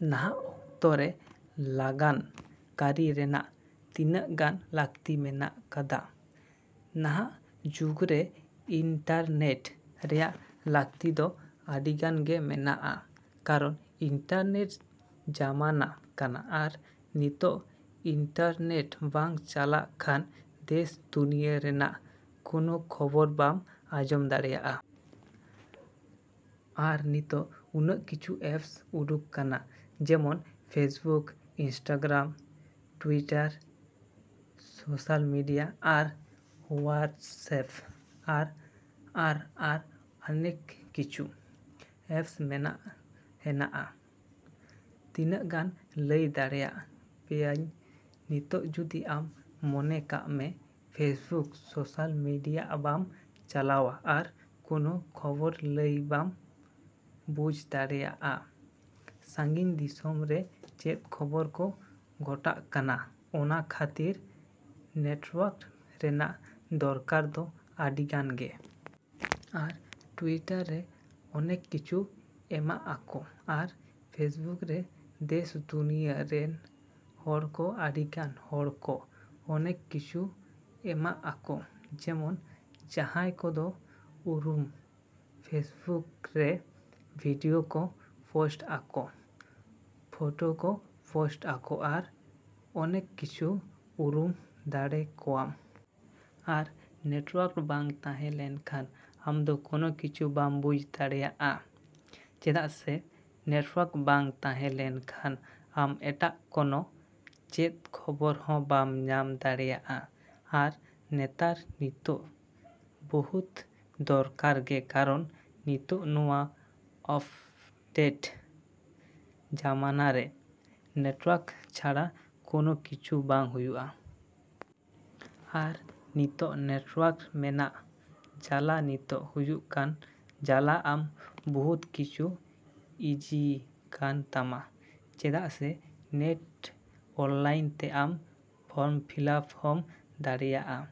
ᱱᱟᱦᱟᱜ ᱚᱠᱛᱚᱨᱮ ᱞᱟᱜᱟᱱ ᱠᱟᱹᱨᱤ ᱨᱮᱱᱟᱜ ᱛᱤᱱᱟᱹᱜ ᱜᱟᱱ ᱞᱟᱹᱠᱛᱤ ᱢᱮᱱᱟᱜ ᱠᱟᱫᱟ? ᱱᱟᱦᱟᱜ ᱡᱩᱜᱽᱨᱮ ᱤᱱᱴᱟᱨᱱᱮᱴ ᱨᱮᱭᱟᱜ ᱞᱟᱹᱠᱛᱤ ᱫᱚ ᱟᱹᱰᱤᱜᱟᱱ ᱜᱮ ᱢᱮᱱᱟᱜᱼᱟ ᱠᱟᱨᱚᱱ ᱤᱱᱴᱟᱨᱱᱮᱴ ᱡᱟᱢᱟᱱᱟ ᱠᱟᱱᱟ ᱟᱨ ᱱᱤᱛᱚᱜ ᱤᱱᱴᱟᱨᱱᱮᱴ ᱵᱟᱝ ᱪᱟᱞᱟᱜ ᱠᱷᱟᱱ ᱫᱮᱥ ᱫᱩᱱᱭᱟᱹ ᱨᱮᱱᱟᱜ ᱠᱳᱱᱳ ᱠᱷᱚᱵᱚᱨ ᱵᱟᱢ ᱟᱸᱡᱚᱢ ᱫᱟᱲᱮᱭᱟᱜᱼᱟ᱾ ᱟᱨ ᱱᱤᱛᱚᱜ ᱩᱱᱟᱹᱜ ᱠᱤᱪᱷᱩ ᱮᱯᱥ ᱩᱰᱩᱠ ᱠᱟᱱᱟ ᱡᱮᱢᱚᱱ Facebook, Instagram, Twitter, social media ᱟᱨ ᱦᱳᱣᱟᱴᱥᱮᱯ ᱟᱨ ᱟᱨ ᱟᱨ ᱚᱱᱮᱠ ᱠᱤᱪᱷᱩ ᱮᱯᱥ ᱢᱮᱱᱟᱜ ᱦᱮᱱᱟᱜᱼᱟ ᱛᱤᱱᱟᱹᱜ ᱜᱟᱱ ᱞᱟᱹᱭ ᱫᱟᱲᱮᱭᱟ ᱯᱮᱭᱟᱹᱧ᱾ ᱱᱤᱛᱚᱜ ᱡᱩᱫᱤ ᱟᱢ ᱢᱚᱱᱮ ᱠᱟᱜ ᱢᱮ ᱯᱷᱮᱥᱵᱩᱠ ᱥᱳᱥᱟᱞ ᱢᱮᱰᱤᱭᱟ ᱵᱟᱢ ᱪᱟᱞᱟᱣᱟ ᱟᱨ ᱠᱳᱱᱳ ᱠᱷᱚᱵᱚᱨ ᱞᱟᱹᱭ ᱵᱟᱢ ᱵᱩᱡᱽ ᱫᱟᱲᱮᱭᱟᱜᱼᱟ ᱥᱟᱺᱜᱤᱧ ᱫᱤᱥᱚᱢ ᱨᱮ ᱪᱮᱫ ᱠᱷᱚᱵᱚᱨ ᱠᱚ ᱜᱷᱚᱴᱟᱜ ᱠᱟᱱᱟ ᱚᱱᱟ ᱠᱷᱟᱹᱛᱤᱨ ᱱᱮᱴᱣᱟᱨᱠ ᱨᱮᱱᱟᱜ ᱫᱚᱨᱠᱟᱨ ᱫᱚ ᱟᱹᱰᱤᱜᱟᱱ ᱜᱮ᱾ ᱟᱨ ᱴᱩᱣᱤᱴᱟᱨ ᱨᱮ ᱚᱱᱮᱠ ᱠᱤᱪᱷᱩ ᱮᱢᱟᱜ ᱟᱠᱚ ᱟᱨ ᱯᱷᱮᱥᱵᱩᱠ ᱨᱮ ᱫᱮᱥ ᱫᱩᱱᱤᱭᱟᱹ ᱨᱮᱱ ᱦᱚᱲᱠᱚ ᱟᱹᱰᱤᱜᱟᱱ ᱦᱚᱲᱠᱚ ᱚᱱᱮᱠ ᱠᱤᱪᱷᱩ ᱮᱢᱟᱜ ᱟᱠᱚ ᱡᱮᱢᱚᱱ ᱡᱟᱦᱟᱸᱭ ᱠᱚᱫᱚ ᱩᱨᱩᱢ ᱯᱷᱮᱥᱵᱩᱠ ᱨᱮ ᱵᱷᱤᱰᱤᱭᱳ ᱠᱚ ᱯᱳᱥᱴ ᱟᱠᱚ, ᱯᱷᱳᱴᱚ ᱠᱚ ᱯᱳᱥᱴ ᱟᱠᱚ ᱟᱨ ᱚᱱᱮᱠ ᱠᱤᱪᱷᱩ ᱩᱨᱩᱢ ᱫᱟᱲᱮ ᱠᱚᱣᱟᱢ᱾ ᱟᱨ ᱱᱮᱴᱣᱟᱨᱠ ᱵᱟᱝ ᱛᱟᱦᱮᱸ ᱞᱮᱱᱠᱷᱟᱱ ᱟᱢᱫᱚ ᱠᱳᱱᱳ ᱠᱤᱪᱷᱩ ᱵᱟᱢ ᱵᱩᱡᱽ ᱫᱟᱲᱮᱭᱟᱜᱼᱟ ᱪᱮᱫᱟᱜ ᱥᱮ ᱱᱮᱴᱣᱟᱨᱠ ᱵᱟᱝ ᱛᱟᱦᱮᱸ ᱞᱮᱱᱠᱷᱟᱱ ᱟᱢ ᱮᱴᱟᱜ ᱠᱚᱱᱚ ᱪᱮᱫ ᱠᱷᱚᱵᱚᱨ ᱦᱚᱸ ᱵᱟᱢ ᱧᱟᱢ ᱫᱟᱲᱮᱭᱟᱜᱼᱟ᱾ ᱟᱨ ᱱᱮᱛᱟᱨ ᱱᱤᱛᱳᱜ ᱵᱚᱦᱩᱫ ᱫᱚᱨᱠᱟᱨ ᱜᱮ ᱠᱟᱨᱚᱱ ᱱᱤᱛᱚᱜ ᱱᱚᱣᱟ ᱟᱯᱰᱮᱴ ᱡᱟᱢᱟᱱᱟᱨᱮ ᱱᱮᱴᱣᱟᱨᱠ ᱪᱷᱟᱲᱟ ᱠᱳᱱᱳ ᱠᱤᱪᱷᱩ ᱵᱟᱝ ᱦᱩᱭᱩᱜᱼᱟ᱾ ᱟᱨ ᱱᱤᱛᱚᱜ ᱱᱮᱴᱣᱟᱨᱠ ᱢᱮᱱᱟᱜ ᱡᱟᱞᱟ ᱱᱤᱛᱚᱜ ᱦᱩᱭᱩᱜ ᱠᱟᱱ ᱡᱟᱞᱟ ᱟᱢ ᱵᱩᱦᱩᱫ ᱠᱤᱪᱷᱩ ᱤᱡᱤᱭ ᱠᱟᱱ ᱛᱟᱢᱟ ᱪᱮᱫᱟᱜ ᱥᱮ ᱱᱮᱴ ᱚᱱᱞᱟᱭᱤᱱ ᱛᱮ ᱟᱢ ᱯᱷᱚᱨᱢ ᱯᱷᱤᱞᱟᱯ ᱦᱚᱸᱢ ᱫᱟᱲᱮᱜᱼᱟ,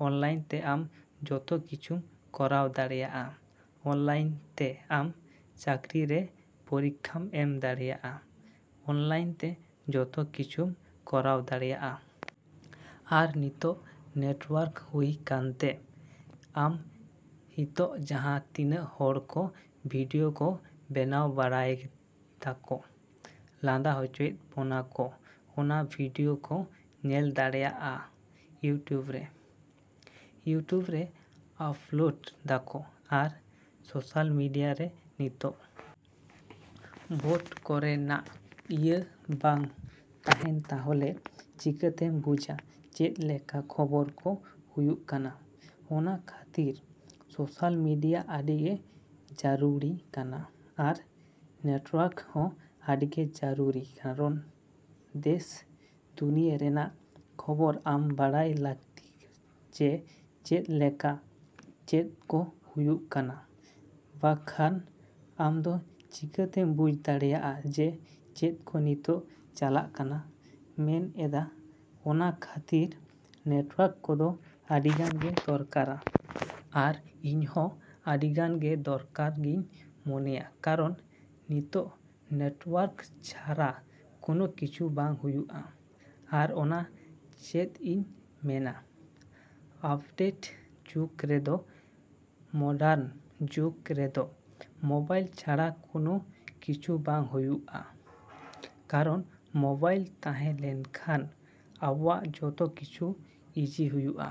ᱚᱱᱞᱟᱭᱤᱱ ᱛᱮ ᱟᱢ ᱡᱚᱛᱚ ᱠᱤᱪᱷᱩᱢ ᱠᱚᱨᱟᱣ ᱫᱟᱲᱮᱭᱟᱜᱼᱟ, ᱚᱱᱞᱟᱭᱤᱱ ᱛᱮ ᱟᱢ ᱪᱟᱹᱠᱨᱤ ᱨᱮ ᱯᱚᱨᱤᱠᱠᱷᱟᱢ ᱮᱢ ᱫᱟᱲᱮᱭᱟᱜᱼᱟ, ᱚᱱᱞᱟᱭᱤᱱ ᱛᱮ ᱡᱚᱛᱚ ᱠᱤᱪᱷᱩᱢ ᱠᱚᱨᱟᱣ ᱫᱟᱲᱮᱭᱟᱜᱼᱟ᱾ ᱟᱨ ᱱᱤᱛᱚᱜ ᱱᱮᱴᱣᱟᱨᱠ ᱦᱩᱭ ᱠᱟᱱᱛᱮ ᱟᱢ ᱦᱤᱛᱚᱜ ᱡᱟᱦᱟᱸ ᱛᱤᱱᱟᱹᱜ ᱦᱚᱲᱠᱚ ᱵᱷᱤᱰᱤᱭᱳ ᱠᱚ ᱵᱮᱱᱟᱣ ᱵᱟᱲᱟᱭᱫᱟᱠᱚ ᱞᱟᱸᱫᱟ ᱦᱚᱪᱚᱭᱮᱜ ᱵᱚᱱᱟ ᱠᱚ ᱚᱱᱟ ᱵᱷᱤᱰᱤᱭᱳ ᱠᱚ ᱧᱮᱞ ᱫᱟᱲᱮᱭᱟᱜᱼᱟ ᱤᱭᱩᱴᱩᱵᱽ ᱨᱮ, ᱤᱭᱩᱴᱩᱵᱽ ᱨᱮ ᱟᱯᱞᱳᱰ ᱫᱟᱠᱚ ᱟᱨ ᱥᱳᱥᱟᱞ ᱢᱮᱰᱤᱭᱟᱨᱮ᱾ ᱱᱤᱛᱚᱜ ᱵᱷᱳᱴ ᱥᱮᱴᱮᱨᱚᱜ ᱠᱟᱱᱟ ᱚᱱᱟ ᱵᱷᱳᱴ ᱠᱚᱨᱮᱱᱟᱜ ᱤᱭᱟᱹ ᱵᱟᱝ ᱛᱟᱦᱮᱱ ᱛᱟᱦᱚᱞᱮ ᱪᱤᱠᱟᱹᱛᱮᱢ ᱵᱩᱡᱟ ᱪᱮᱫ ᱞᱮᱠᱟ ᱠᱷᱚᱵᱚᱨ ᱠᱚ ᱦᱩᱭᱩᱜ ᱠᱟᱱᱟ ᱚᱱᱟ ᱠᱷᱟᱹᱛᱤᱨ ᱥᱳᱥᱟᱞ ᱢᱮᱰᱤᱭᱟ ᱟᱹᱰᱤᱜᱮ ᱡᱟᱹᱨᱩᱲᱤ ᱠᱟᱱᱟ ᱟᱨ ᱱᱮᱴᱣᱟᱨᱠ ᱦᱚᱸ ᱟᱹᱰᱤᱜᱮ ᱡᱟᱨᱩᱨᱤ ᱠᱟᱨᱚᱱ ᱫᱮᱥ ᱫᱩᱱᱤᱭᱟᱹ ᱨᱮᱱᱟᱜ ᱠᱷᱚᱵᱚᱨ ᱟᱢ ᱵᱟᱲᱟᱭ ᱞᱟᱹᱠᱛᱤ ᱡᱮ ᱪᱮᱫ ᱞᱮᱠᱟ ᱪᱮᱫ ᱠᱚ ᱦᱩᱭᱩᱜ ᱠᱟᱱᱟ ᱵᱟᱠᱷᱟᱱ ᱟᱢᱫᱚ ᱪᱤᱠᱟ ᱛᱮᱢ ᱵᱩᱡᱽ ᱫᱟᱲᱮᱭᱟᱜᱼᱟ ᱡᱮ ᱪᱮᱫ ᱠᱚ ᱱᱤᱛᱚᱜ ᱪᱟᱞᱟᱜ ᱠᱟᱱᱟ ᱢᱮᱱ ᱮᱫᱚ ᱚᱱᱟ ᱠᱷᱟᱹᱛᱤᱨ ᱱᱮᱴᱣᱟᱨᱠ ᱠᱚᱫᱚ ᱟᱹᱰᱤᱜᱟᱱ ᱜᱮ ᱫᱚᱨᱠᱟᱨᱟ᱾ ᱟᱨ ᱤᱧ ᱦᱚᱸ ᱟᱹᱰᱤᱜᱟᱱ ᱜᱮ ᱫᱚᱨᱠᱟᱨ ᱜᱮᱧ ᱢᱚᱱᱮᱭᱟ ᱠᱟᱨᱚᱱ ᱱᱤᱛᱚᱜ ᱱᱮᱴᱣᱟᱨᱠ ᱪᱷᱟᱨᱟ ᱠᱳᱱᱳ ᱠᱤᱪᱷᱩ ᱵᱟᱝ ᱦᱩᱭᱩᱜᱼᱟ᱾ ᱟᱨ ᱚᱱᱟ ᱪᱮᱫ ᱤᱧ ᱢᱮᱱᱟ ᱟᱯᱰᱮᱴ ᱡᱩᱜᱽ ᱨᱮᱫᱚ, ᱢᱚᱰᱟᱨᱱ ᱡᱩᱜᱽ ᱨᱮᱫᱚ ᱢᱳᱵᱟᱭᱤᱞ ᱪᱷᱟᱲᱟ ᱠᱳᱱᱳ ᱠᱤᱪᱷᱩ ᱵᱟᱝ ᱦᱩᱭᱩᱜᱼᱟ ᱠᱟᱨᱚᱱ ᱢᱳᱵᱟᱭᱤᱞ ᱛᱟᱦᱮᱸ ᱞᱮᱱᱠᱷᱟᱱ ᱟᱵᱚᱣᱟᱜ ᱡᱚᱛᱚ ᱠᱤᱪᱷᱩ ᱤᱡᱤ ᱦᱩᱭᱩᱜᱼᱟ᱾